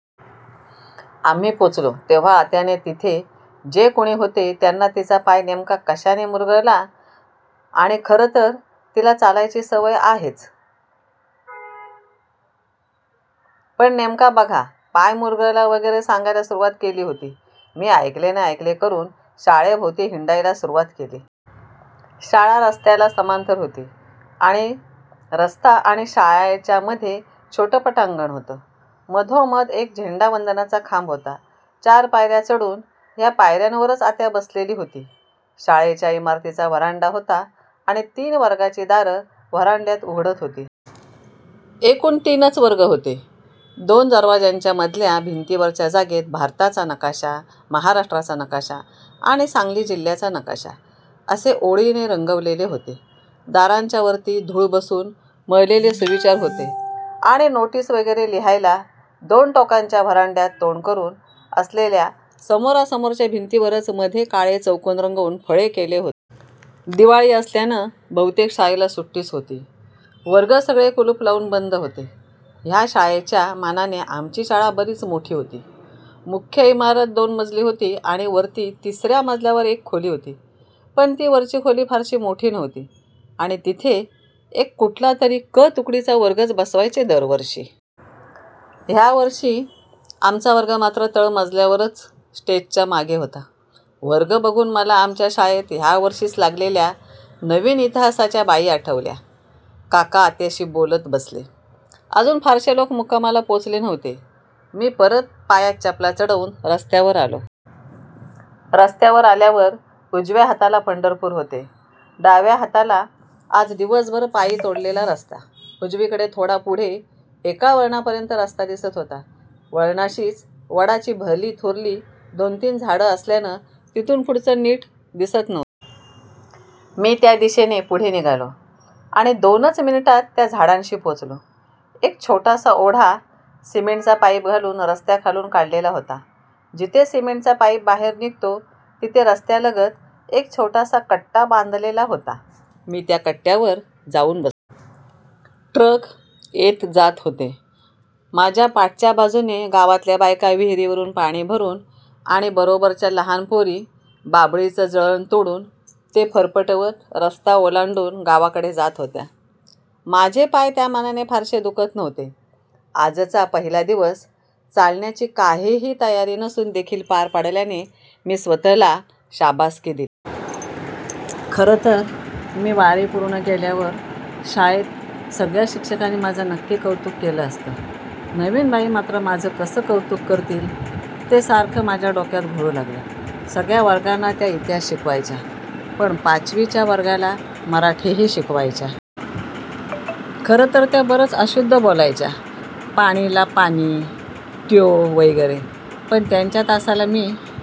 आम्ही पोचलो तेव्हा आत्याने तिथे जे कुणी होते त्यांना तिचा पाय नेमका कशाने मुरगळला आणि खरं तर तिला चालायची सवय आहेच पण नेमका बघा पाय मुरगळला वगैरे सांगायला सुरुवात केली होती. मी ऐकले न ऐकले करुन शाळेभोवती हिंडायला सुरुवात केली. शाळा रस्त्याला समांतर होती आणि रस्ता आणि शाळेच्यामध्ये छोटं पटांगण होतं. मधोमध एक झेंडावंदनाचा खांब होता. चार पायर्या चढून ह्या पायर्यांवरच आत्या बसलेली होती शाळेच्या इमारतीचा व्हरांडा होता आणि तीन वर्गांची दारं व्हरांड्यात उघडत होती. एकूण तीनच वर्ग होते. दोन दरवाजांच्या मधल्या भिंतीवरच्या जागेत भारताचा नकाशा, महाराष्ट्राचा नकाशा आणि सांगली जिल्ह्याचा नकाशा असे ओळीने रंगवलेले होते. दारांच्यावरती धूळ बसून मळलेले सुविचार होते आणि नोटीस वगैरे लिहायला दोन टोकाच्या व्हरांड्यात तोंड करुन असलेल्या समोरासमोरच्या भिंतींवरच मधे काळे चौकोन रंगवून फळे केले होते. दिवाळी असल्यानं बहुतेक शाळेला सुट्टीच होती. वर्ग सगळे कुलुपं लावून बंद होते. ह्या शाळेच्या मानाने आमची शाळा बरीच मोठी होती. मुख्य इमारत दोन मजली होती आणि वरती तिसर्या मजल्यावर एक खोली होती. पण ती वरची खोली फारशी मोठी नव्हती आणि तिथे एक कुठलातरी क तुकडीचा वर्गच बसवायचे दर वर्षी. ह्यावर्षी आमचा वर्ग मात्र तळ मजल्यावारच स्टेजच्या मागे होता. वर्ग बघून मला आमच्या शाळेत ह्यावर्षीच लागलेल्या नवीन इतिहासाच्या बाई आठवल्या. काका आत्याशी बोलत बसले. अजून फारशे लोक मुक्कामाला पोचले नव्ह्ते. मी परत पायात चपला चढवून रस्त्यावर आलो. रस्त्यावर आल्यावर उजव्या हाताला पंढरपूर होते. डाव्या हाताला आज दिवसभर पायी तोडलेला रस्ता. उजवीकडे थोडा पुढे एका वळणापर्यंत रस्ता दिसत होता. वळणाशीच वडाची भली थोरली दोन-तीन झाडं असल्यानं तिथून पुढचं नीट दिसत नव्हतं. मी त्या दिशेने पुढे निघालो आणि दोनच मिनिटात त्या झाडांशी पोचलो. एक छोटासा ओढा सिमेंटचा पाईप घालून रस्त्याखालून काढलेला होता. जिथे सिमेंटचा पाईप बाहेर निघतो तिथे रस्त्यालगत एक छोटासा कट्टा बांधलेला होता. मी त्या कट्ट्यावर जाउन बसलो. ट्रक येत जात होते. माझ्या पाठच्या बाजूने गावातल्या बायका विहीरवरुन पाणी भरुन आणि बरोबरच्या लहान पोरी बाभळीचं जळण तोडून ते फरपटवत रस्ता ओलांडून गावाकडे जात होत्या. माझे पाय त्यामानाने फारशे दुखत नव्हते. आजचा पहिला दिवस चालण्याची काहीही तयारी नसून देखील पार पडल्याने मी स्वत:लाच शाबासकी दिली. खरं तर मी वारी पूर्ण केल्यावर शाळेत सगळ्या शिक्षकांनी माझं नक्की कौतुक केलं असतं. नवीन बाई मात्र माझं कसं कौतुक करतील ते सारखं माझ्या डोक्यात घोळू लागलं. सगळ्या वर्गांना त्या इतिहास शिकवायच्या. पण पाचवीच्या वर्गाला मराठीही शिकवायच्या. खरं तर त्या बरच अशुद्ध बोलायच्या. पाणीला पानी, त्यो वगैरे. पण त्यांच्या तासाला मी